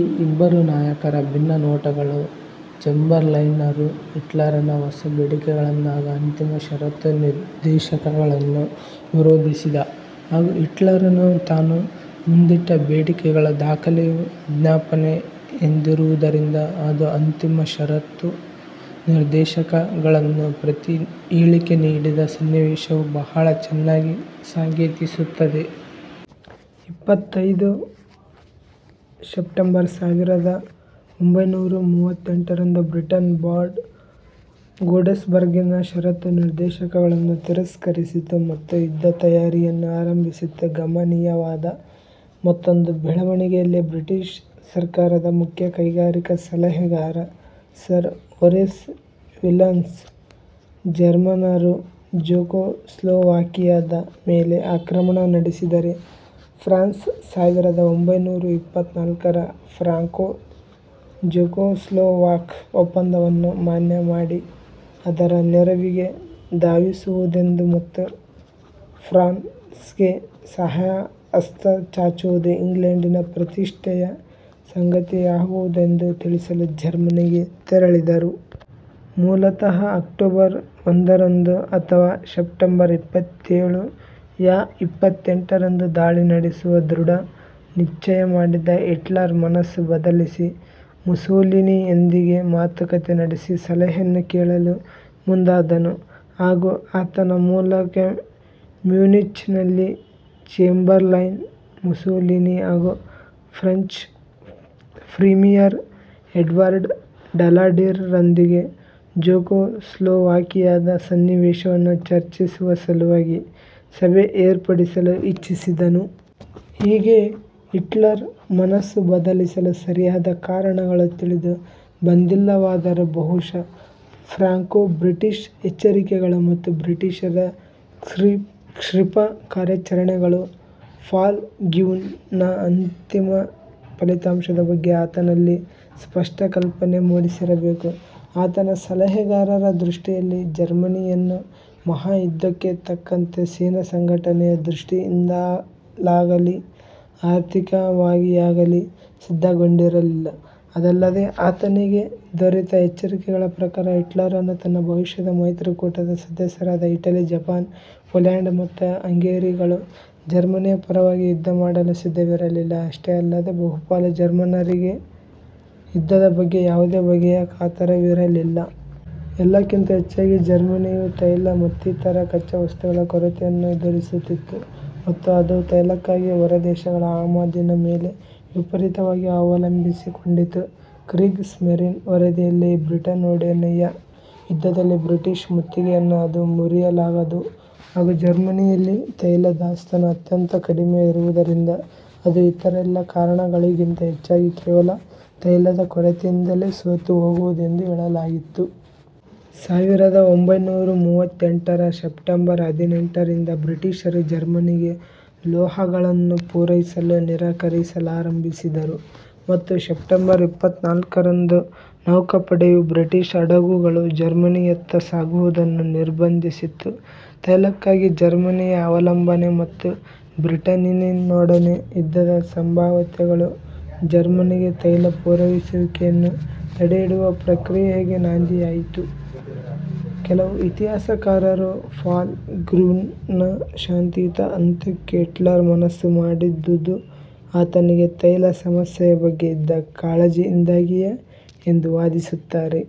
ಈ ಇಬ್ಬರು ನಾಯಕರ ಭಿನ್ನ ನೋಟಗಳು, ಚೆಂಬರ್ಲೈನ್ರು ಹಿಟ್ಲರನ ಹೊಸ ಬೇಡಿಕೆಗಳನ್ನು ಹಾಗೂ ಅಂತಿಮ ಷರತ್ತು ನಿರ್ದೇಶಕಗಳನ್ನು ವಿರೋಧಿಸಿದ, ಹಾಗೂ ಹಿಟ್ಲರನು ತಾನು ಮುಂದಿಟ್ಟ ಬೇಡಿಕೆಗಳ ದಾಖಲೆಯು "ವಿಜ್ಞಾಪನೆ" ಎಂದಿರುವುದರಿದ ಅದು ಅಂತಿಮ ಷರತ್ತು ನಿರ್ದೇಶಕಗಳನ್ನು ಪ್ರತಿ ಹೇಳಿಕೆ ನೀಡಿದ ಸನ್ನಿವೇಶವು ಬಹಳ ಚೆನ್ನಾಗಿ ಸಾಂಕೇತಿಸುತ್ತದೆ. ಇಪ್ಪತ್ತೈದು ಸೆಪ್ಟೆಂಬರ್ ಸಾವಿರದ ಒಂಭೈನೂರ ಮೂವತ್ತೆಂಟರಂದು ಬ್ರಿಟನ್, ಬಾಡ್ ಗೋಡೆಸ್ಬರ್ಗಿನ ಷರತ್ತು ನಿರ್ದೇಶಕಗಳನ್ನು ತಿರಸ್ಕರಿಸಿತು ಮತ್ತು ಯುದ್ಧ ತಯಾರಿಯನ್ನು ಆರಂಭಿಸಿತು. ಗಮನೀಯವಾದ ಮತ್ತೊಂದು ಬೆಳವಣಿಗೆಯಲ್ಲಿ, ಬ್ರಿಟಿಷ್ ಸರ್ಕಾರದ ಮುಖ್ಯ ಕೈಗಾರಿಕಾ ಸಲಹೆಗಾರ ಸರ್ ಹೊರೇಸ್ ವಿಲ್ಸನ್, ಜರ್ಮನ್ನರು ಝೆಕೋಸ್ಲೋವಾಕಿಯಾದ ಮೇಲೆ ಆಕ್ರಮಣ ನಡೆಸಿದರೆ, ಫ್ರಾನ್ಸ್ ಸಾವಿರದ ಒಂಭೈನೂರ ಇಪ್ಪತ್ನಾಲ್ಕರ ಫ್ರಾಂಕೋ ಝೆಕೋಸ್ಲೋವಾಕ್ ಒಪ್ಪಂದವನ್ನು ಮಾನ್ಯ ಮಾಡಿ, ಅದರ ನೆರವಿಗೆ ಧಾವಿಸುವುದೆಂದೂ, ಮತ್ತು "ಫ್ರಾನ್ ಸ್ಗೆ ಸಹಾಯಹಸ್ತ ಚಾಚುವುದು ಇಂಗ್ಲೆಂಡಿನ ಪ್ರತಿಷ್ಠೆಯ ಸಂಗತಿಯಾಗುವುದೆಂದೂ" ತಿಳಿಸಲು ಜರ್ಮನಿಗೆ ತೆರಳಿದರು. ಮೂಲತಃ ಅಕ್ಟೋಬರ್ ಒಂದರಂದು ಅಥವಾ ಸೆಪ್ಟೆಂಬರ್ ಇಪ್ಪತ್ತೇಳು ಯಾ ಇಪ್ಪತ್ತೆಂಟರಂದು ದಾಳಿ ನಡೆಸುವ ಧೃಢ ನಿಶ್ಚಯ ಮಾಡಿದ್ದ ಹಿಟ್ಲರ್, ಮನಸ್ಸು ಬದಲಿಸಿ, ಮುಸೋಲಿನಿಯೊಂದಿಗೆ ಮಾತುಕಥೆ ನಡೆಸಿ ಸಲಹೆಯನ್ನು ಕೇಳಲು ಮುಂದಾದನು ಹಾಗೂ ಆತನ ಮೂಲಕ ಮ್ಯೂನಿಚ್ನಲ್ಲಿ ಚೇಂಬರ್ಲೈನ್, ಮುಸೋಲಿನಿ ಹಾಗೂ ಫ್ರೆಂಚ್ ಪ್ರೀಮಿಯರ್ ಎಡ್ವರ್ಡ್ ಡಲಡೀರ್ ರೊಂದಿಗೆ ಝೆಕೋಸ್ಲೋವಾಕಿಯಾದ ಸನ್ನಿವೇಶವನ್ನು ಚರ್ಚಿಸುವ ಸಲುವಾಗಿ ಸಭೆ ಏರ್ಪಡಿಸಲು ಇಚ್ಚಿಸಿದನು. ಹೀಗೆ ಹಿಟ್ಲರ್ ಮನಸ್ಸು ಬದಲಿಸಲು ಸರಿಯಾದ ಕಾರಣಗಳು ತಿಳಿದು ಬಂದಿಲ್ಲವಾದರೂ ಬಹುಶಃ ಫ್ರಾಂಕೋ ಬ್ರಿಟಿಷ್ ಎಚ್ಚರಿಕೆಗಳು ಮತ್ತು ಬ್ರಿಟಿಷರ ಕ್ಷಿಪ್ರ ಕಾರ್ಯಾಚರಣೆಗಳು "ಫಾಲ್ ಗ್ರ್ಯೂನ್ " ನ ಅಂತಿಮ ಫಲಿತಾಂಶದ ಬಗ್ಗೆ ಆತನಲ್ಲಿ ಸ್ಪಷ್ಟ ಕಲ್ಪನೆ ಮೂಡಿಸಿರಬೇಕು. ಆತನ ಸಲಹೆಗಾರರ ದೃಷ್ಟಿಯಲ್ಲಿ ಜರ್ಮನಿಯಿನ್ನೂ ಮಹಾಯುದ್ಧಕ್ಕೆ ತಕ್ಕಂತೆ ಸೇನಾ ಸಂಘಟನೆಯ ದೃಷ್ಟಿಯಿಂದಲಾಗಲೀ ಆರ್ಥಿಕವಾಗಿಯಾಗಲೀ ಸಿದ್ಧಗೊಂಡಿರಲಿಲ್ಲ; ಅದಲ್ಲದೆ ಆತನಿಗೆ ದೊರೆತ ಎಚ್ಚರಿಕೆಗಳ ಪ್ರಕಾರ ಹಿಟ್ಲರನು ತನ್ನ ಭವಿಷ್ಯದ ಮೈತ್ರಿಕೂಟದ ಸದಸ್ಯರಾದ ಇಟಲಿ, ಜಪಾನ್, ಪೋಲ್ಯಾಂಡ್ ಮತ್ತು ಹಂಗೆರಿಗಳು ಜರ್ಮನಿಯ ಪರವಾಗಿ ಯುದ್ಧ ಮಾಡಲು ಸಿದ್ಧವಿರಲಿಲ್ಲ; ಅಷ್ಟೇ ಅಲ್ಲದೆ, ಬಹುಪಾಲು ಜರ್ಮನ್ನರಿಗೆ ಯುದ್ಧದ ಬಗ್ಗೆ ಯಾವುದೇ ಬಗೆಯ ಕಾತರವಿರಲಿಲ್ಲ. ಎಲ್ಲಕ್ಕಿಂತ ಹೆಚ್ಚಾಗಿ, ಜರ್ಮನಿಯು ತೈಲ ಮತ್ತಿತರ ಕಚ್ಚಾವಸ್ತುಗಳ ಕೊರತೆಯನ್ನೆದುರಿಸುತ್ತಿತ್ತು, ಮತ್ತು ಅದು ತೈಲಕ್ಕಾಗಿ ಹೊರದೇಶಗಳ ಆಮದಿನ ಮೇಲೆ ವಿಪರೀತವಾಗಿ ಅವಲಂಬಿಸಿಕೊಂಡಿತ್ತು. "ಕ್ರೀಗ್ ಸ್ಮರಿನ್ " ವರದಿಯಲ್ಲಿ, ಬ್ರಿಟನ್ನಿನೊಡನೆಯ ಯುದ್ಧದಲ್ಲಿ ಬ್ರಿಟಿಷ್ ಮುತ್ತಿಗೆಯನ್ನು ಅದು ಮುರಿಯಲಾಗದು, ಹಾಗೂ ಜರ್ಮನಿಯಲ್ಲಿ ತೈಲ ದಾಸ್ತಾನು ಅತ್ಯಂತ ಕಡಿಮೆ ಇರುವುದರಿಂದ ಅದು ಇತರೆಲ್ಲ ಕಾರಣಗಳಿಗಿಂತ ಹೆಚ್ಚಾಗಿ ಕೇವಲ ತೈಲದ ಕೊರತೆಯಿಂದಲೇ ಸೋತು ಹೋಗುವುದು ಎಂದು ಹೇಳಲಾಗಿತ್ತು. ಸಾವಿರದ ಒಂಭೈನೂರ ಮೂವತ್ತೆಂಟರ ಸೆಪ್ಟೆಂಬರ್ ಹದಿನೆಂಟರಿಂದ ಬ್ರಿಟಿಷರು ಜರ್ಮನಿಗೆ ಲೋಹಗಳನ್ನು ಪೂರೈಸಲು ನಿರಾಕರಿಸಲಾರಂಭಿಸಿದರು, ಮತ್ತು ಸೆಪ್ಟೆಂಬರ್ ಇಪ್ಪತ್ನಾಲ್ಕರಂದು ನೌಕಾಪಡೆಯು ಬ್ರಿಟಿಷ್ ಹಡಗುಗಳು ಜರ್ಮನಿಯತ್ತ ಸಾಗುವುದನ್ನು ನಿರ್ಬಂಧಿಸಿತು. ತೈಲಕ್ಕಾಗಿ ಜರ್ಮನಿಯ ಅವಲಂಬನೆ, ಮತ್ತು ಬ್ರಿಟನ್ನಿನೊಡನೆ ಯುದ್ಧದ ಸಂಭಾವ್ಯತೆಗಳು ಜರ್ಮನಿಗೆ ತೈಲ ಪೂರೈಸುವಿಕೆಯನ್ನು ತಡೆಹಿಡಿಯುವ ಪ್ರಕ್ರಿಯೆಗೆ ನಾಂದಿಯಾಯಿತು. ಕೆಲವು ಇತಿಹಾಸಕಾರರು, "ಫಾಲ್ ಗ್ರ್ಯೂನ್" ನ ಶಾಂತಿಯುತ ಅಂತ್ಯಕ್ಕೆ ಹಿಟ್ಲರ್ ಮನಸು ಮಾಡಿದುದು ಆತನಿಗೆ ತೈಲ ಸಮಸ್ಯೆಯ ಬಗ್ಗೆ ಇದ್ದ ಕಾಳಜಿಯಿಂದಾಗಿಯೇ ಎಂದು ವಾದಿಸುತ್ತಾರೆ.